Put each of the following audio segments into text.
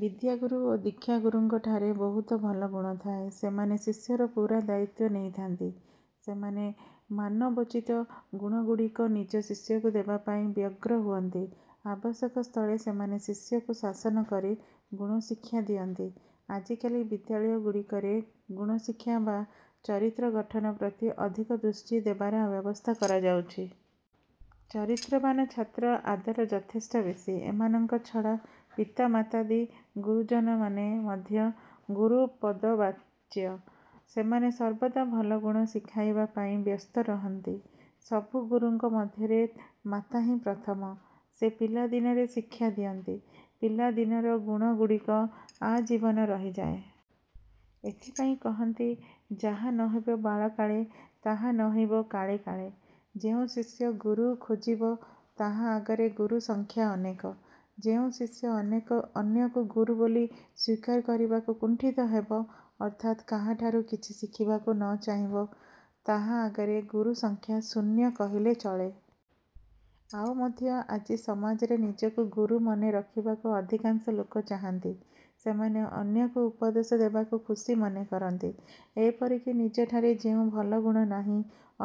ବିଦ୍ୟାଗୁରୁ ଓ ଦୀକ୍ଷା ଗୁରୁଙ୍କଠାରେ ବହୁତ ଭଲ ଗୁଣ ଥାଏ। ସେମାନେ ଶିଷ୍ୟର ପୂରା ଦାୟିତ୍ଵ ନେଇଥାନ୍ତି। ସେମାନେ ମାନବୋଚିତ ଗୁଣଗୁଡ଼ିକ ନିଜ ଶିଷ୍ୟକୁ ଦେବା ପାଇଁ ବ୍ୟଗ୍ର ହୁଅନ୍ତି-। ଆବଶ୍ୟକ ସ୍ଥଳେ ସେମାନେ ଶିଷ୍ୟକୁ ଶାସନ କରି ଗୁଣ ଶିକ୍ଷା ଦିଅନ୍ତି। ଆଜିକାଲି ବିଦ୍ୟାଳୟଗୁଡ଼ିକରେ ଗୁଣଶିକ୍ଷା ବା ଚରିତ୍ର ଗଠନ ପ୍ରତି ଅଧିକ ଦୃଷ୍ଟି ଦେବାର ବ୍ୟବସ୍ଥା କରାଯାଉଛି-। ଚରିତ୍ରବାନ ଛାତ୍ରର ଆଦର ଯଥେଷ୍ଟ ବେଶୀ। ଏମାନଙ୍କ ଛଡ଼ା ପିତାମାତାଦି ଗୁରୁଜନମାନେ ମଧ୍ୟ ଗୁରୁପଦବାଚ୍ୟ। ସେମାନେ ସର୍ବଦା ଭଲ ଗୁଣ ଶିଖାଇବା ପାଇଁ ବ୍ୟସ୍ତ ରହନ୍ତି-। ସବୁ ଗୁରୁଙ୍କ ମଧ୍ୟରେ ମାତାହିଁ ପ୍ରଥମ। ସେ ପିଲା ଦିନରେ ଶିକ୍ଷା ଦିଅନ୍ତି। ପିଲା ଦିନର ଗୁଣଗୁଡ଼ିକ ଆଜୀବନ ରହିଯାଏ। ଏଥିପାଇଁ କହନ୍ତି– ଯାହା ନୋହିବ ବାଳକାଳେ, ତାହା ନୋହିବ କାଳେ କାଳେ। ଯେଉଁ ଶିଷ୍ୟ ଗୁରୁ ଖୋଜିବ ତାହା ଆଗରେ ଗୁରୁ ସଂଖ୍ୟା ଅନେକ। ଯେଉଁ ଶିକ୍ଷ୍ୟ ଅନ୍ୟକୁ ଗୁରୁ ବୋଲି ସ୍ଵୀକାର କରିବାକୁ କୁଣ୍ଠିତ ହେବ ଅର୍ଥାତ୍ କାହାଠାରୁ କିଛି ଶିଖିବାକୁ ନ ଚାହିଁବ, ତାହା ଆଗରେ ଗୁରୁ ସଂଖ୍ୟା ଶୂନ୍ୟ କହିଲେ ଚଳେ। ଆଉ ମଧ୍ୟ ଆଜି ସମାଜରେ ନିଜକୁ ଗୁରୁ ମନେ କରିବାକୁ ଅଧିକାଂଶ ଲୋକ ଚାହାନ୍ତି। ସେମାନେ ଅନ୍ୟକୁ ଉପଦେଶ ଦେବାକୁ ଖୁସି ମନେ କରନ୍ତି। ଏପରିକି ନିଜଠାରେ ଯେଉଁ ଭଲଗୁଣ ନାହିଁ,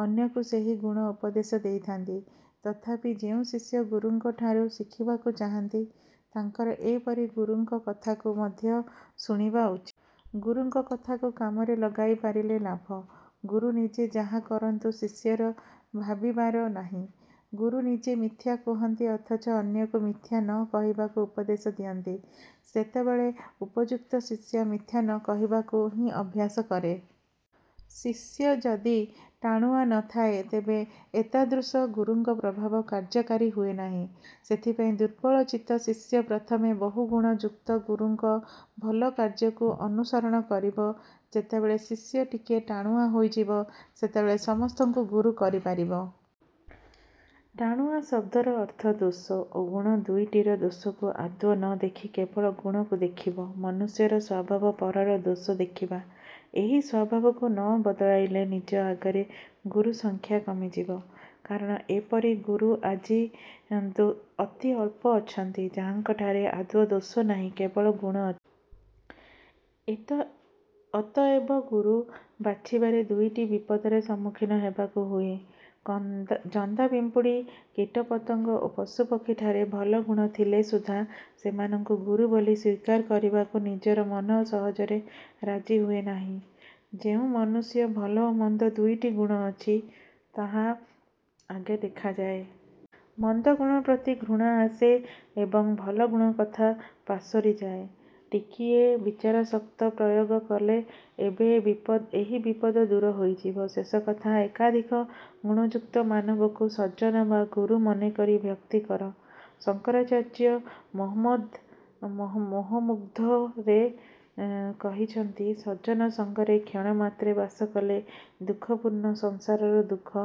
ଅନ୍ୟକୁ ସେହି ଗୁଣରେ ଉପଦେଶ ଦେଇଥାନ୍ତି। ତଥାପି ଯେଉଁ ଶିକ୍ଷ୍ୟ ଗୁରୁଙ୍କଠାରୁ ଶିଖିବାକୁ ଚାହାନ୍ତି, ତାଙ୍କର ଏପରି ଗୁରୁଙ୍କ କଥାକୁ ମଧ୍ୟ ଶୁଣିବା ଉଚିତ। ଗୁରୁଙ୍କ କଥାକୁ କାମରେ ଲଗାଇ ପାରିଲେ ଲାଭ। ଗୁରୁ ନିଜେ ଯାହା କରନ୍ତୁ, ଶିଷ୍ୟର ଭାବିବାର ନାହିଁ। ଗୁରୁ ନିଜେ ମିଥ୍ୟା କହନ୍ତି ଅଥଚ ଅନ୍ୟକୁ ମିଥ୍ୟା ନ କହିବାକୁ ଉପଦେଶ ଦିଅନ୍ତି, ସେତେବେଳେ ଉପଯୁକ୍ତ ଶିଷ୍ୟ ମିଥ୍ୟା ନ କହିବାକୁ ହିଁ ଅଭ୍ୟାସ କରେ। ଶିଷ୍ୟ ଯଦି ଟାଣୁଆ ନ ଥାଏ ତେବେ ଏତାଦୃଶ ଗୁରୁଙ୍କ ପ୍ରଭାବ କାର୍ଯ୍ୟକାରୀ ହୁଏ ନାହିଁ। ସେଥିପାଇଁ ଦୁର୍ବଳଚିତ୍ତ ଶିଷ୍ୟ ପ୍ରଥମେ ବହୁ ଗୁଣ ଯୁକ୍ତ ଗୁରୁଙ୍କ ଭଲ କାର୍ଯ୍ୟକୁ ଅନୁସରଣ କରିବ। ଯେତେବେଳେ ଶିଷ୍ୟ ଟିକିଏ ଟାଣୁଆ ହୋଇଯିବ ସେତେବେଳେ ସମସ୍ତଙ୍କୁ ଗୁରୁ କରିପାରିବ। ଟାଣୁଆ ଶବ୍ଦର ଅର୍ଥ–ଦୋଷ ଓ ଗୁଣ ଦୁଇଟିରୁ ଦୋଷକୁ ଆଦୌ ନ ଦେଖି କେବଳ ଗୁଣକୁ ଦେଖିବା। ମନୁଷ୍ୟର ସ୍ଵଭାବ, ପରର ଦୋଷ ଦେଖିବା। ଏହି ସ୍ଵଭାବକୁ ନ ବଦଳାଇଲେ ନିଜ ଆଗରେ ଗୁରୁ ସଂଖ୍ୟା କମିଯିବ। କାରଣ ଏପରି ଗୁରୁ ଆଜି ଅତି ଅଳ୍ପ ଅଛନ୍ତି, ଯାହାଙ୍କଠାରେ ଆଦୌ ଦୋଷ ନାହିଁ କେବଳ ଗୁଣ ଅଛି। ଅତଏବ ଗୁରୁ ବାଛିବାରେ ଦୁଇଟି ବିପଦର ସମ୍ମୁଖୀନ ହେବାକୁ ହୁଏ। ଜନ୍ଦା ପିମ୍ପୁଡ଼ି, କୀଟପତଙ୍ଗ ଓ ପଶୁପକ୍ଷୀ ଠାରେ ଭଲ ଗୁଣ ଥିଲେ ସୁଧା ସେମାନଙ୍କୁ ଗୁରୁ ବୋଲି ସ୍ଵୀକାର କରିବାକୁ ନିଜର ମନ ସହଜରେ ରାଜି ହୁଏ ନାହିଁ। ଯେଉଁ ମନୁଷ୍ୟର ଭଲ ଓ ମନ୍ଦ ଦୁଇଟି ଗୁଣ ଅଛି, ତାହାର ଭଲ ଗୁଣକୁ ଦେଖିବାବେଳେ ତାହାର ମନ୍ଦ ଗୁଣ ଆଗେ ଦେଖାଯାଏ। ମନ୍ଦ ଗୁଣପ୍ରତି ଘୃଣା ଆସେ ଏବଂ ଭଲ ଗୁଣ କଥା ପାସୋରିଯାଏ। ଟିକିଏ ବିଚାରଶକ୍ତି ପ୍ରୟୋଗ କଲେ ଏହି ବିପଦ ଦୂର ହୋଇଯିବ। ଶେଷକଥା, ଏକାଧିକ ଗୁଣଯୁକ୍ତ ମାନବଙ୍କୁ ସଜ୍ଜନ ବା ଗୁରୁ ମନେକରି ଭକ୍ତି କର। ଶଙ୍କରାଚାର୍ଯ୍ୟ ମୋହମୁଦ୍ଗରରେ କହିଛନ୍ତି, "ସଜ୍ଜନ ସଙ୍ଗରେ କ୍ଷଣେମାତ୍ରେ ବାସ କଲେ ଏ ଦୁଃଖପୂର୍ଣ୍ଣ ସଂସାରର ଦୁଃଖ